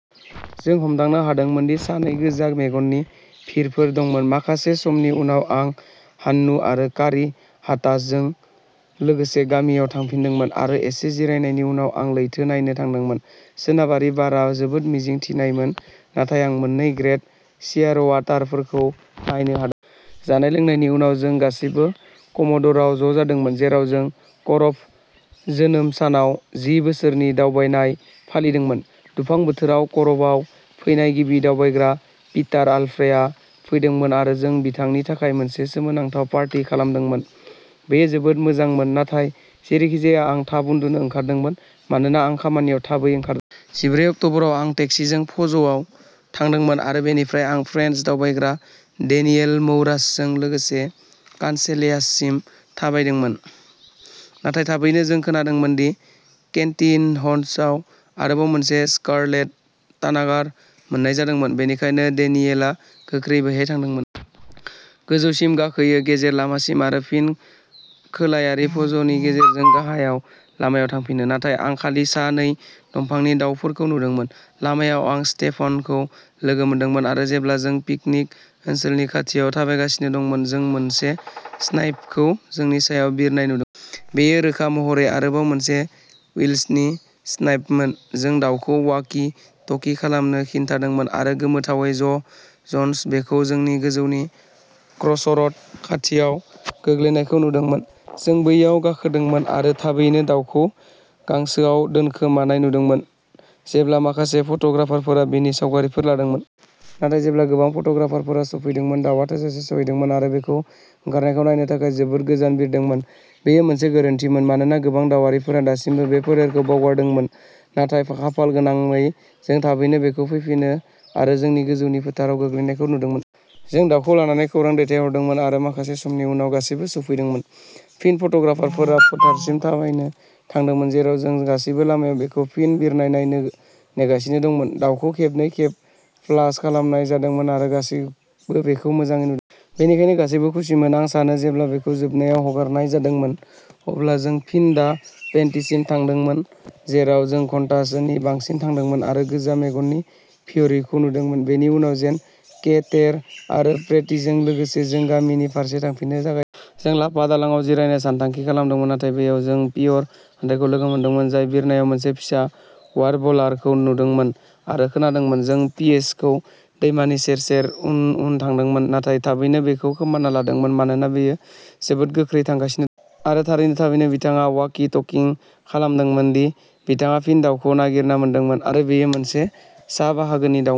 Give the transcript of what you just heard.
जों हमदांनो हादोंमोन दि सानै गोजा मेगननि भिर फोर दंमोन माखासे समनि उनाव आं हान्नु आरो कारी हाटाजाजों लोगोसे गामियाव थांफिनदोंमोन आरो एसे जिरायनायनि उनाव आं लैथो नायनो थांदोंमोन। सोनाबारि बारआ जोबोद मिजिं थिनायमोन, नाथाय आं मोननै ग्रेट शियारवाटारफोरखौ नायनो हा जानाय-लोंनायनि उनाव जों गासैबो कम'डर'आव ज'जादोंमोन, जेराव जों करभ' जोनोम सानाव जि बोसोरनि दावबानाय फालिदोंमोन। दुफां बोथोराव करभ'आव फैनाय गिबि दावबायग्रा, पिटार आल्फ्रेआ फैदोंमोन आरो जों बिथांनि थाखाय मोनसे सोमोनांथाव पार्टी खालामदोंमोन। बेयो जोबोद मोजांमोन, नाथाय जेरैखिजाया आं थाब उन्दुनो ओंखारदोंमोन मानोना आं खामानियाव थाबै ओंखा जिब्रै अक्ट'बराव आं टेक्सिजों फ'ज'आव थांदोंमोन आरो बेनिफ्राय आं फ्रेन्स दावबायग्रा डेनियेल मौरासजों लोगोसे कानसेलाससिम थाबायदोंमोन। नाथाय थाबैनो जों खोनादोंमोन दि केन्टिनह'आव आरोबाव मोनसे स्कारलेट तानागर मोन्नाय जादोंमोन, बेनिखायनो डेनियेलआ गोख्रै बैहाय थांदोंमोन। गोजौसिम गाखोयो गेजेर लामासिम आरो फिन खोलायारि फ'ज'नि गेजेरजों गाहाय लामायाव थांफिनो। नाथाय आं खालि सा नै दंफांनि दाउफोरखौ नुदोंमोन। लामायाव आं स्टेफानखौ लोगो मोनदोंमोन आरो जेब्ला जों पिकनिक ओनसोलनि खाथियाव थाबायगासिनो दंमोन, जों मोनसे स्नाइपखौ जोंनि सायाव बिरनाय नुदों। बेयो रोखा महरै आरोबाव मोनसे विल्सननि स्नाइपमोन जों दाउखौ वाकि-टकि खालामनो खिन्थादोंमोन आरो गोमोथावै जश जन्सआ बेखौ जोंनि गोजौनि क्रसरोड खाथियाव गोग्लैनायखौ नुदोंमोन। जों बैयाव गाखोदोंमोन आरो थाबैनो दाउखौ गांसोआव दोनखोमानाय नुदोंमोन जेब्ला माखासे फट'ग्राफारफोरा बिनि सावगारिफोर लादोंमोन। नाथाय जेब्ला गोबां फट'ग्राफारफोरा सौफैदोंमोन, दाउआ थोजासे सौहैदोंमोन आरो बेखौ ओंखारनायखौ नायनो थाखाय जोबोद गोजान बिरदोंमोन। बेयो मोनसे गोरोन्थिमोन मानोना गोबां दाउआरिफोरा दासिमबो बे फोलेरखौ बावगारदोंमोन, नाथाय खाफालगोनांनायै जों थाबैनो बेखौ फैफिनो आरो जोंनि गोजौनि फोथाराव गोग्लैनायखौ नुदोंमोन। जों दाउखौ लानानै खौरां दैथायहरदोंमोन आरो माखासे समनि उनाव गासैबो सौफैदोंमोन। फिन फट'ग्राफारफोरा फोथारसिम थाबायनो थांदोंमोन, जेराव जों गासैबो लामायाव बेखौ फिन बिरनाय नायनो नेगासिनो दंमोन। दाउखौ खेबनै खेब फ्लास खालामनाय जादोंमोन आरो गासैबो बेखौ मोजाङै नुदों। बेनिखायनो गासैबो खुसिमोन आं सानो, जेब्ला बेखौ जोबनायाव हगारनाय जादोंमोन, अब्ला जों फिन दा पन्टेसिम थांदोंमोन, जेराव जों घन्टासेनि बांसिन थादोंमोन आरो गोजा मेगननि भिरिय'खौ नुदोंमोन। बेनि उनाव जेन के, टेर' आरो पेट्रीजों लोगोसे जों गामिनि फारसे थांफिननो जागाय जों लापा-दालांआव जिरायनो सानथांखि खालामदोंमोन, नाथाय बैयाव जों पियेर-आन्द्रेखौ लोगो मोनदोंमोन, जाय बिरनायाव मोनसे फिसा वार्बलारखौ नुदोंमोन आरो खोनादोंमोन। जों पिएसिखौ दैमानि सेर सेर उन उन थांदोंमोन, नाथाय थाबैनो बिखौ खोमाना लादोंमोन मानोना बियो जोबोद गोख्रै थांगासिनो दं। आरो थारैनो थाबैनो बिथाङा वाकि-टकिं खालामदोंमोन दि बिथाङा फिन दाउखौ नागिरना मोनदोंमोन आरो बेयो मोनसे सा-बाहागोनि दाव।